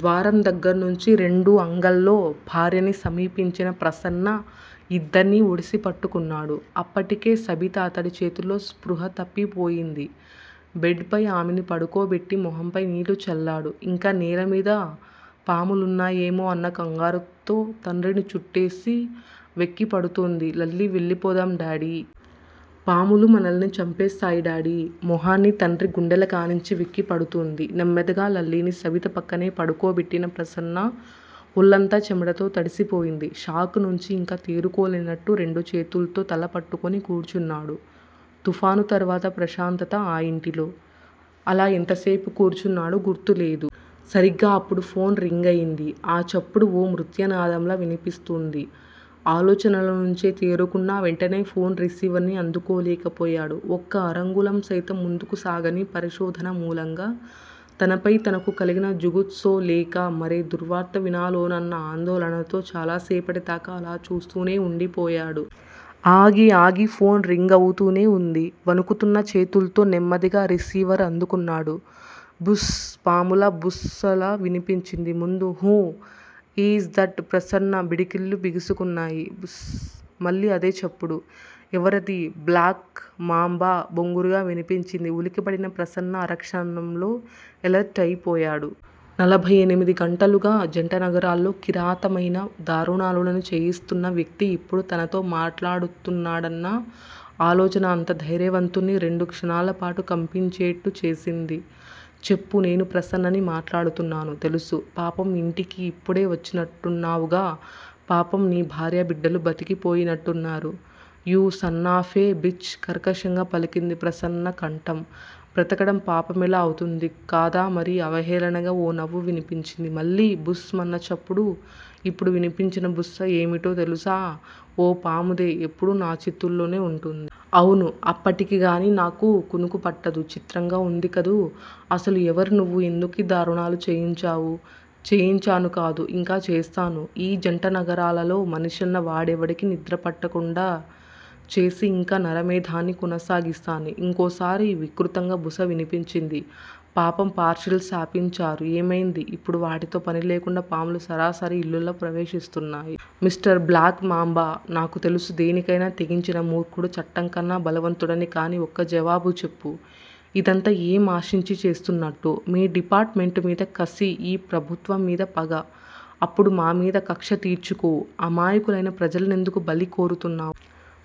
ద్వారం దగ్గర్నుంచి రెండు అంగల్లో భార్యని సమీపించిన ప్రసన్న ఇద్దర్నీ ఒడిసిపట్టుకున్నాడు. అప్పటికే సబిత అతడి చేతుల్లో స్పృహ తప్పిపోయింది. బెడ్ పై ఆమెను పడుకోబెట్టి మొహంపై నీళ్ళు చల్లాడు ఇంకా నేలమీద పాములున్నాయేమో అన్న కంగారుతో తండ్రిని చుట్టేసి వెక్కిపడుతూంది లల్లీ వెళ్ళిపోదాం డాడీ. పాములు మనల్ని చంపేస్తాయి డాడీ మొహాన్ని తండ్రి గుండెలకానించి వెక్కిపడుతూంది. నెమ్మదిగా లల్లీని సబిత పక్కనే పడుకోబెట్టిన ప్రసన్న ఒళ్ళంతా చెమటతో తడిసిపోయింది. షాక్ నుంచి ఇంకా తేరుకోలేనట్టు రెండు చేతుల్తో తల పట్టుకుని కూచున్నాడు తుఫాను తర్వాత ప్రశాంతత ఆ ఇంటిలో. అలా ఎంతసేపు కూర్చున్నాడో గుర్తులేదు. సరిగ్గా అప్పుడు ఫోన్ రింగయింది ఆ చప్పుడు ఓ మృత్యునాదంలా వినిపిస్తూంది ఆలోచనలనుంచే తేరుకున్నా వెంటనే ఫోన్ రిసీవర్ని అందుకోలేకపోయాడు ఒక్క అరంగుళం సైతం ముందుకు సాగని పరిశోధన మూలంగా తనపై తనకు కలిగిన జుగుస్సో లేక మరే దుర్వార్త వినాలోనన్న ఆందోళనతో చాలా సేపటిదాకా అలా చూస్తూనే వుండిపోయాడు. ఆగి ఆగి ఫోన్ రింగవుతూనే వుంది. వణుకుతున్న చేతుల్తో నెమ్మదిగా రిసీవర్ అందుకున్నాడు. బుస్ స్ స్ స్ పాములా బుసలా వినిపించింది ముందు హు యీజ్ దట్ ప్రసన్న పిడికిళ్ళు బిగుసుకున్నాయి. బుస్ స్ స్ స్ మళ్ళీ అదే చప్పుడు. ఎవరది? బ్లాక్ మాంబా బొంగురుగా వినిపించింది ఉలికిపడిన ప్రసన్న అరక్షణంలో ఎలర్టయిపోయాడు. నలభై ఎనిమిదిగంటలుగా జంటనగరాల్లో కిరాతమైన దారుణాలను చేయిస్తున్న వ్యక్తి ఇప్పుడు తనతో మాటాడుతున్నాడన్నా ఆలోచన అంత ధైర్యవంతుడ్నీ రెండు క్షణాలపాటు కంపించేట్టు చేసింది. చెప్పు నేను ప్రసన్నని మాటాడుతున్నాను. తెలుసు. పాపం ఇంటికి ఇప్పుడే వచ్చినట్టున్నావుగా పాపం నీ భార్యాబిడ్డలు బ్రతికిపోయినట్టున్నారు యూ సన్నాఫే బిచ్ కర్కశంగా పలికింది ప్రసన్న కంఠం బ్రతకడం పాపమెలా అవుతుంది కాదా మరి అవహేళనగా ఓ నవ్వు వినిపించింది మళ్ళీ బుస్ మన్న చప్పుడు ఇప్పుడు వినిపించిన బుస ఏమిటో తెలుసా ఓ పాముదే ఎప్పుడూ నా చేతుల్లోనే వుంటుంది. అవును అప్పటికిగాని నాకు కునుకు పట్టదు చిత్రంగా వుందికదూ. అసలు ఎవరు నువ్వు? ఎందుకీ దారుణాలు చేయించావు? చేయించానూ కాదు ఇంకా చేస్తాను ఈ జంటనగరాలలో మనిషన్న వాడికెవడికీ నిద్రపట్టకుండా చేసి ఇంకా నరమేధాన్ని కొనసాగిస్తాను ఇంకోసారి వికృతంగా బుస వినిపించింది. పాపం పార్శిల్స్ ఆపించారు ఏమైంది ఇప్పుడు వాటితో పనిలేకుండా పాములు సరాసరి ఇళ్ళలో ప్రవేశిస్తున్నాయి. Mister black mamba. నాకు తెలుసు దేనికైనా తెగించిన మూర్ఖుడు చట్టంకన్నా బలవంతుడని కాని ఒక్క జవాబు చెప్పు. ఇదంతా ఏం ఆశించి చేస్తున్నట్టు? మీ డిపార్ట్ మెంటుమీద కసి ఈ ప్రభుత్వం మీద పగ. అప్పుడు మామీద కక్ష తీర్చుకో. అమాయకులైన ప్రజల్నెందుకు బలికోరుతున్నావు?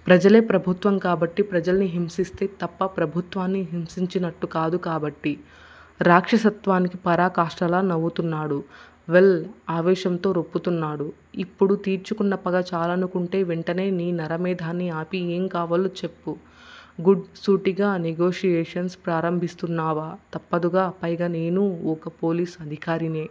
ప్రజలే ప్రభుత్వం కాబట్టి ప్రజల్ని హింసిస్తే తప్ప ప్రభుత్వాన్ని హింసించినట్టుకాదు కాబట్టి రాక్షసత్వానికి పరాకాష్టలా నవ్వుతున్నాడు. వెల్ ఆవేశంతో రొప్పుతున్నాడు. ఇప్పుడు తీర్చుకున్న పగ చాలనుకుంటే వెంటనే నీ నరమేధాన్ని ఆపి ఏం కావాలో చెప్పు గుడ్ సూటిగా నెగోషియేషన్స్ ప్రారంభిస్తున్నావా? తప్పదుగా పైగా నేనూ ఒక పోలీసు అధికారినే?